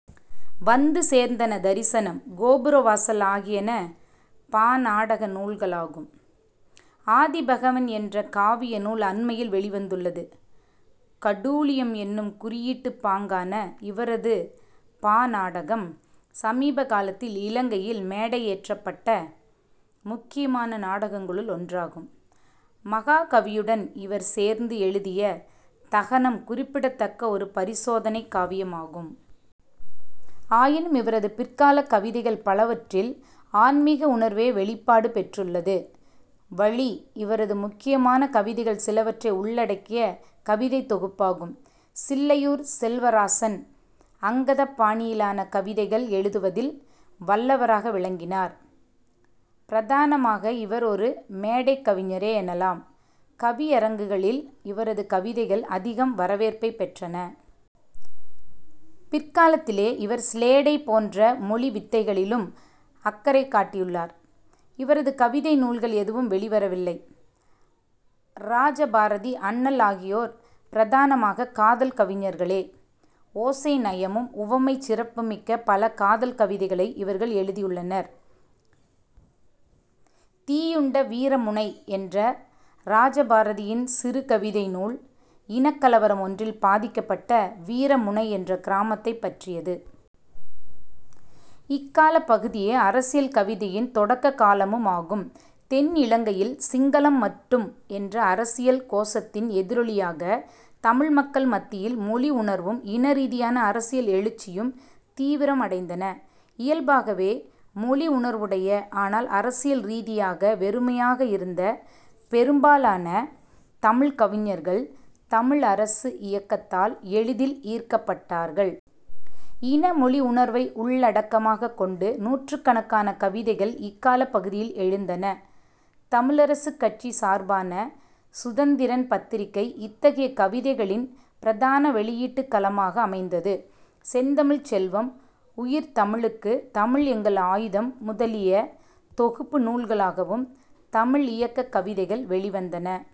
வந்து சேர்ந்தன-தரிசனம், கோபுரவாசல் ஆகியன பாநாடக நூல்களாகும். ஆதிபகவன் என்ற காவிய நூல் அண்மையில் வௌிவந்துள்ளது. கடூழியம் என்னும் குறியீட்டுப் பாங்கான இவரது பாநாடகம் சமீபகாலத்தில் இலங்கையில் மேடையேற்றப்பட்ட முக்கியமான நாடகங்களுள் ஒன்றாகும். மஹாகவியுடன் இவர் சேர்ந்து எழுதிய 'தகனம்' குறிப்பிடத்தக்க ஒரு பரிசோதனைக் காவியமாகும். ஆயினும் இவரது பிற்காலக் கவிதைகள் பலவற்றில் ஆன்மீக உணர்வே வௌிப்பாடு பெற்றுள்ளது. 'வழி' இவரது முக்கியமான கவிதைகள் சிலவற்றை உள்ளடக்கிய கவிதைத் தொகுப்பாகும். சில்லையூர் செல்வராசன் அங்கதப் பாணியிலான கவிதைகள் எழுதுவதில் வல்லவராக விளங்கினார். பிரதானமாக இவர் ஒரு மேடைக்கவிஞரே எனலாம். கவியரங்குகளில் இவரது கவிதைகள் அதிகம் வரவேற்பைப் பெற்றன. பிற்காலத்திலே இவர் சிலேடை போன்ற மொழி வித்தைகளிலும் அக்கறை காட்டியுள்ளார். இவரது கவிதை நூல்கள் எதுவும் வௌிவரவில்லை. இராஜ பாரதி, அண்ணல் ஆகியோர் பிரதானமாகக் காதல் கவிஞர்களே. ஓசைநயமும் உவமைச் சிறப்புமிக்க பல காதல் கவிதைகளை இவர்கள் எழுதியுள்ளனர். தீயுண்ட வீரமுனை என்ற இராஜ பாரதியின் சிறு கவிதை நூல் இனக்கலவரம் ஒன்றில் பாதிக்கப்பட்ட வீரமுனை என்ற கிராமத்தைப் பற்றியது. இக்காலப் பகுதியே அரசியல் கவிதையின் தொடக்க காலமும் ஆகும். தென் இலங்கையில் சிங்களம் மட்டும் என்ற அரசியல் கோசத்தின் எதிரொலியாக தமிழ் மக்கள் மத்தியில் மொழி உணர்வும் இனரீதியான அரசியல் எழுச்சியும் தீவிரம் அடைந்தன. இயல்பாகவே மொழி உணர்வுடைய, ஆனால் அரசியல் ரீதியாக வெறுமையாக இருந்த பெரும்பாலான தமிழ்க் கவிஞர்கள் 'தமிழ் அரசு' இயக்கத்தால் எளிதில் ஈர்க்கப்பட்டார்கள். இன, மொழி உணர்வை உள்ளடக்கமாகக் கொண்டு நூற்றுக்கணக்கான கவிதைகள் இக்காலப் பகுதியில் எழுந்தன. தமிழரசுக்கட்சி சார்பான சுதந்திரன் பத்திரிகை இத்தகைய கவிதைகளின் பிரதான வௌியீட்டுக் களமாக அமைந்தது. செந்தமிழ்ச் செல்வம், உயிர்தமிழுக்கு, தமிழ் எங்கள் ஆயுதம் முதலிய தொகுப்பு நூல்களாகவும் தமிழ் இயக்கக் கவிதைகள் வௌிவந்தன.